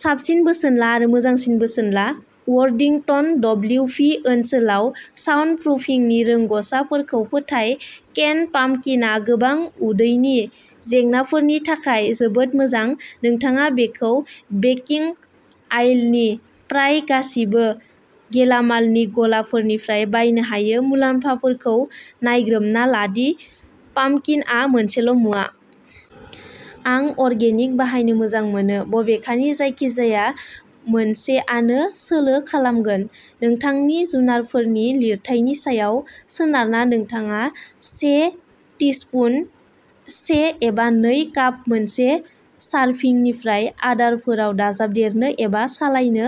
साबसिन बोसोन ला आरो मोजांसिन बोसोन ला। वर्दिंटन, डब्लिउभि ओनसोलाव साउन्डप्रुफिंनि रोंग'सारफोरखौ फोथाय। केनड पाम्पकिनआ गोबां उदैनि जेंनाफोरनि थाखाय जोबोद मोजां। नोंथाङा बेखौ बेकिंग आइलनि प्राय गासिबो गेलामालनि गलाफोरनिफ्राय बायनो हायो। मुवाफोरखौ नायग्रोमना ला दि "पाम्पकिन" आ मोनसेल'मुवा। आं अर्गेनिक बाहायनो मोजां मोनो, बबेखानि जायखिजाया मोनसेआनो सोलो खालामगोन। नोंथांनि जुनारफोरनि लिरथायनि सायाव सोनारना नोंथाङा से टिस्पुन-से/नै काप मोनसे सारभिंनिफ्राय आदारफोराव दाजाबदेरनो एबा सोलायनो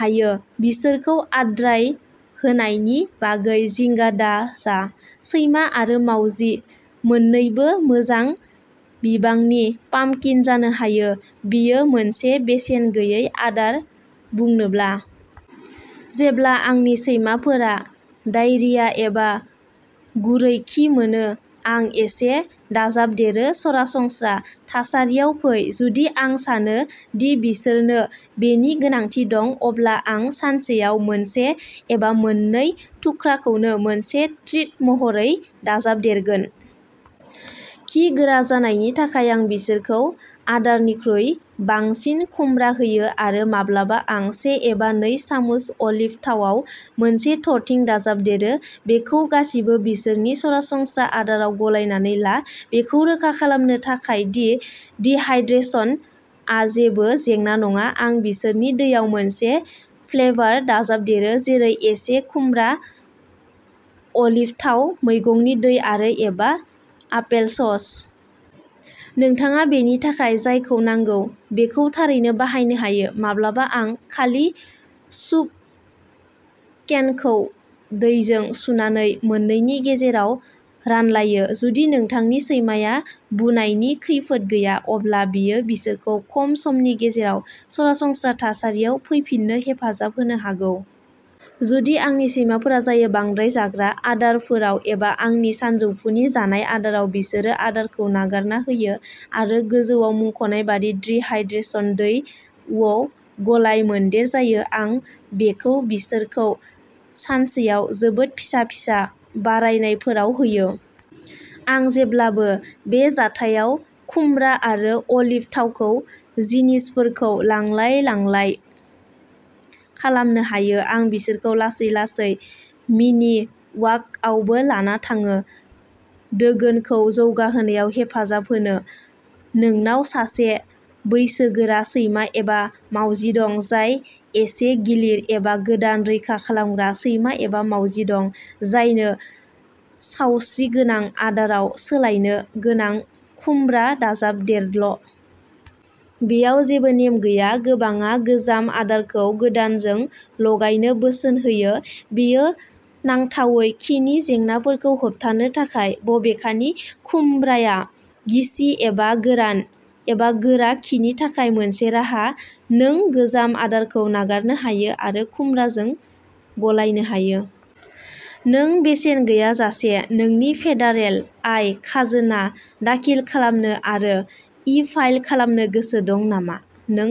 हायो। बिसोरखौ बांद्राय होनायनि बागै जिंगा दाजा, सैमा आरो मावजि मोननैबो मोजां बिबांनि पाम्पकिन जानो हायो, बेयो मोनसे बेसेन गैयै आदार बुंनोब्ला। जेब्ला आंनि सैमाफोरा डायेरिया एबा गुरै खि मोनो, आं एसे दाजाबदेरो। सरासनस्रा थासारियाव फै। जुदि आं सानो दि बिसोरनो बेनि गोनांथि दं, अब्ला आं सानसेयाव मोनसे एबा मोननै थुख्राखौ मोनसे ट्रिट महरै दाजाबदेरगोन। खि गोरा जानायनि थाखाय, आं बिसोरखौ आदारनिख्रुइ बांसिन खुमब्रा होयो आरो माब्लाबा आं से/नै सामुस अलिभ थावाव मोनसे थरथिं दाजाबदेरो। बेखौ गासिबो बिसोरनि सरासनस्रा आदाराव गलायनानै ला। बेखौ रोखा खालामनो थाखाय दि डिहाइड्रेशनआ जेबो जेंना नङा, आं बिसोरनि दैयाव मोनसे "फ्लेभार" दाजाबदेरो, जेरै एसे खुमब्रा, अलिभ थाव, मैगंनि बिदै आरो एबा आपेलसस। नोंथाङा बेनि थाखाय जायखौ नांगौ बेखौ थारैनो बाहायनो हायो, माब्लाबा आं खालि सुप केनखौ दैजों सुनानै मोननैनि गेजेराव रानलायो। जुदि नोंथांनि सैमाया बुनायनि खैफोद गैया, अब्ला बेयो बिसोरखौ खम समनि गेजेराव "सरासनस्रा थासारियाव फैफिननो" हेफाजाब होनो हागौ। जुदि आंनि सैमाफोरा जायो। बांद्राय जाग्रा आदारफोराव एबा आंनि सानजौफुनि जानाय आदाराव, बिसोर आदारखौ नागारना होयो आरो गोजौवाव मुंख'नाय बायदि डिहाइड्रेशन दैयाव गलाय-मोनदेर जायो। आं बेखौ बिसोरखौ सानसेयाव जोबोद फिसा-फिसा बारायनायफोराव होयो। आं जेब्लाबो बे जाथायाव खुमब्रा आरो अलिभ थावखौ "जिनिसफोरखौ लांलाय-लांलाय" खालामनो बाहायो। आं बिसोरखौ लासै लासै मिनि वाकआवबो लाना थाङो, दोगोनखौ जौगाहोनायाव हेफाजाब होनो। नोंनाव सासे बैसोगोरा सैमा एबा मावजि दं जाय एसे गिलिर एबा गोदान रैखा खालामग्रा सैमा एबा मावजि दं जायनो सावस्रिगोनां आदाराव सोलायनो गोनां-खुमब्रा दाजाबदेरल'! बेयाव जेबो नेम गैया, गोबांआ गोजाम आदारखौ गोदानजों गलायनो बोसोन होयो, बेयो नांथावै खिनि जेंनाफोरखौ होबथानो थाखाय। बबेखानि, खुमब्राया गिसि एबा गोरान/गोरा खिनि थाखाय मोनसे राहा, नों गोजाम आदारखौ नागारनो हायो आरो खुमब्राजों गलायनो हायो। नों बेसेन गैयाजासे नोंनि फेडारेल आय खाजोना दाखिल खालामनो आरो इ-फाइल खालामनो गोसो दं नामा? नों